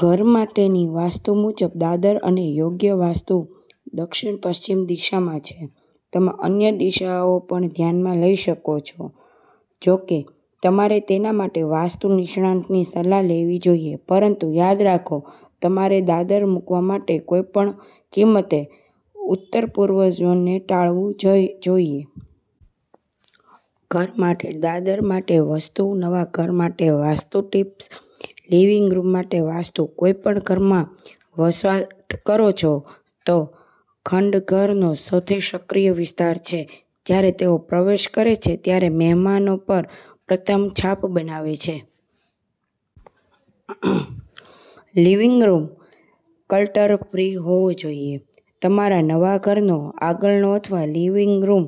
ઘર માટેની વાસ્તુ મુજબ, દાદર અને યોગ્ય વાસ્તુ દક્ષિણ-પશ્ચિમ દિશામાં છે. તમે અન્ય દિશાઓ પણ ધ્યાનમાં લઈ શકો છોજો કે, તમારે તેના માટે વાસ્તુ નિષ્ણાતની સલાહ લેવી જોઈએ. પરંતુ યાદ રાખો, તમારે દાદર મૂકવા માટે કોઈપણ કિંમતે ઉત્તરપૂર્વ ઝોનને ટાળવું જોઈએ. ઘર માટે દાદર માટે વાસ્તુ. નવા ઘર માટે વાસ્તુ ટિપ્સલિવિંગ રૂમ માટે વાસ્તુ કોઈપણ ઘરમાં, વસવાટ કરો છો ખંડઘરનો સૌથી સક્રિય વિસ્તાર છે અને જ્યારે તેઓ પ્રવેશ કરે છે ત્યારે મહેમાનો પર પ્રથમ છાપ બનાવે છે. લિવિંગ રૂમ ક્લટર ફ્રી હોવો જોઈએ. તમારા નવા ઘરનો આગળનો અથવા લિવિંગ રૂમ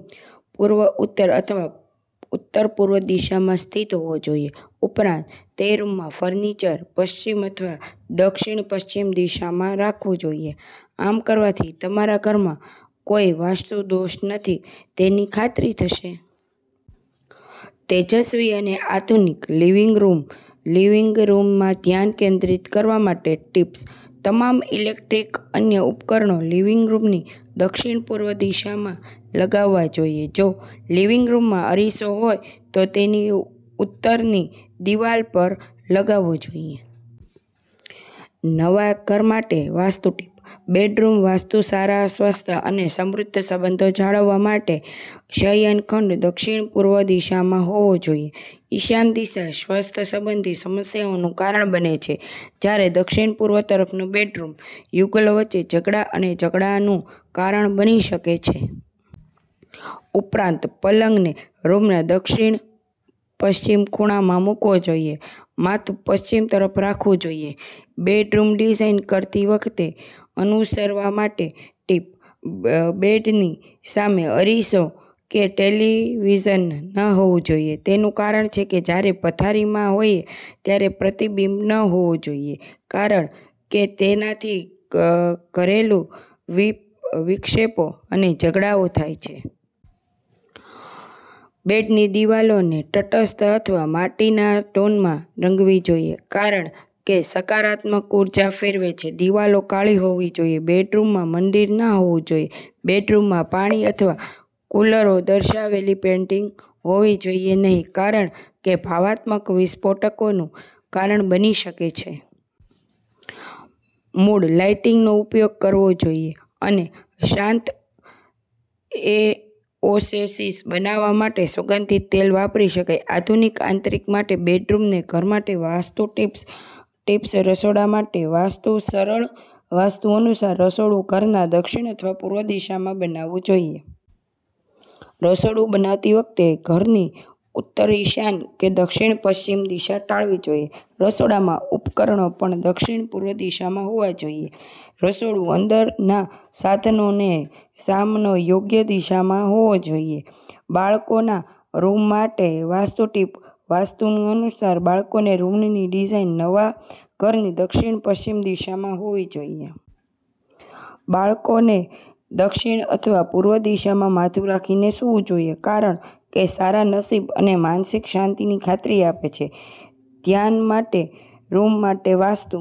પૂર્વ, ઉત્તર અથવા ઉત્તરપૂર્વ દિશામાં સ્થિત હોવો જોઈએ. ઉપરાંત, તે રૂમમાં ફર્નિચર પશ્ચિમ અથવા દક્ષિણ-પશ્ચિમ દિશામાં રાખવું જોઈએ. આમ કરવાથી તમારા ઘરમાં કોઈ વાસ્તુ દોષ નથી તેની ખાતરી થશે. તેજસ્વી અને આધુનિક લિવિંગ રૂમ લિવિંગ રૂમ માટે ધ્યાન કેન્દ્રિત કરવા માટેની ટિપ્સ: તમામ ઈલેક્ટ્રોનિક્સ અને અન્ય ઉપકરણો લિવિંગ રૂમની દક્ષિણ-પૂર્વ દિશામાં લગાવવા જોઈએ. જો લિવિંગ રૂમમાં અરીસો હોય તો તેને ઉત્તરની દિવાલ પર લગાવવો જોઈએ. નવા ઘર માટે વાસ્તુ ટિપ્સ: બેડરૂમ વાસ્તુ સારા સ્વાસ્થ્ય માટે અને સમૃદ્ધ સંબંધો જાળવવા માટે, શયનખંડ દક્ષિણ પશ્ચિમ દિશામાં હોવો જોઈએ. ઈશાન દિશા સ્વાસ્થ્ય સંબંધી સમસ્યાઓનું કારણ બને છે, જ્યારે દક્ષિણ-પૂર્વ તરફનો બેડરૂમ યુગલો વચ્ચે ઝઘડા અને ઝઘડાનું કારણ બની શકે છે. ઉપરાંત, પલંગને રૂમના દક્ષિણ-પશ્ચિમ ખૂણામાં મુકવો જોઈએ, માથું પશ્ચિમ તરફ રાખવું જોઈએ. બેડરૂમ ડિઝાઇન કરતી વખતે અનુસરવા માટેની ટીપ્સ:બેડની સામે અરીસો કે ટેલિવિઝન ન હોવા જોઈએ. તેનું કારણછે કે જ્યારે પથારીમાં હોય ત્યારે પ્રતિબિંબ ન જોવું જોઈએ, કારણ કે તેનાથી ઘરેલું વિક્ષેપો અને ઝઘડાઓ થાય છે. બેડરૂમની દિવાલોને તટસ્થ અથવા માટીના ટોનમાં રંગવી જોઈએ, કારણ કે તે સકારાત્મક ઉર્જા ફેલાવે છે. દિવાલો કાળી હોવી જોઈએ. બેડરૂમમાં મંદિર ન હોવું જોઈએ. બેડરૂમમાં પાણી અથવા ફુવારાઓ દર્શાવતી પેઇન્ટિંગ્સ હોવી જોઈએ નહીં, કારણ કે તે ભાવનાત્મક વિસ્ફોટકોનું કારણ બની શકે છે. મૂડ લાઇટિંગનો ઉપયોગ કરવો જોઈએ, અને શાંત ઓએસિસ બનાવવા માટે સુગંધિત તેલ વાપરી શકાય છે. આધુનિક આંતરિક સાથે બેડરૂમનવા ઘર માટે વાસ્તુ ટિપ્સરસોડા માટે વાસ્તુ સરલ વાસ્તુ અનુસાર રસોડું ઘરના દક્ષિણ-પૂર્વ દિશામાં બનાવવું જોઈએ. રસોડું બનાવતી વખતે ઘરની ઉત્તર, ઈશાન કે દક્ષિણ-પશ્ચિમ દિશા ટાળવી જોઈએ. રસોડામાં ઉપકરણો પણ દક્ષિણ-પૂર્વ દિશામાં હોવા જોઈએ. રસોડું અને અંદરના સાધનોનો સામનો યોગ્ય દિશામાં હોવો જોઈએબાળકોના રૂમ માટે વાસ્તુ ટિપ્સ વાસ્તુ અનુસાર બાળકોના રૂમની ડિઝાઈન નવા ઘરની દક્ષિણ-પશ્ચિમ દિશામાં હોવી જોઈએ. બાળકોએ દક્ષિણ અથવા પૂર્વ તરફ માથું રાખીને સૂવું જોઈએ, કારણ કેસારા નસીબ અને માનસિક શાંતિની ખાતરી આપે છે. ધ્યાન રૂમ માટે વાસ્તુ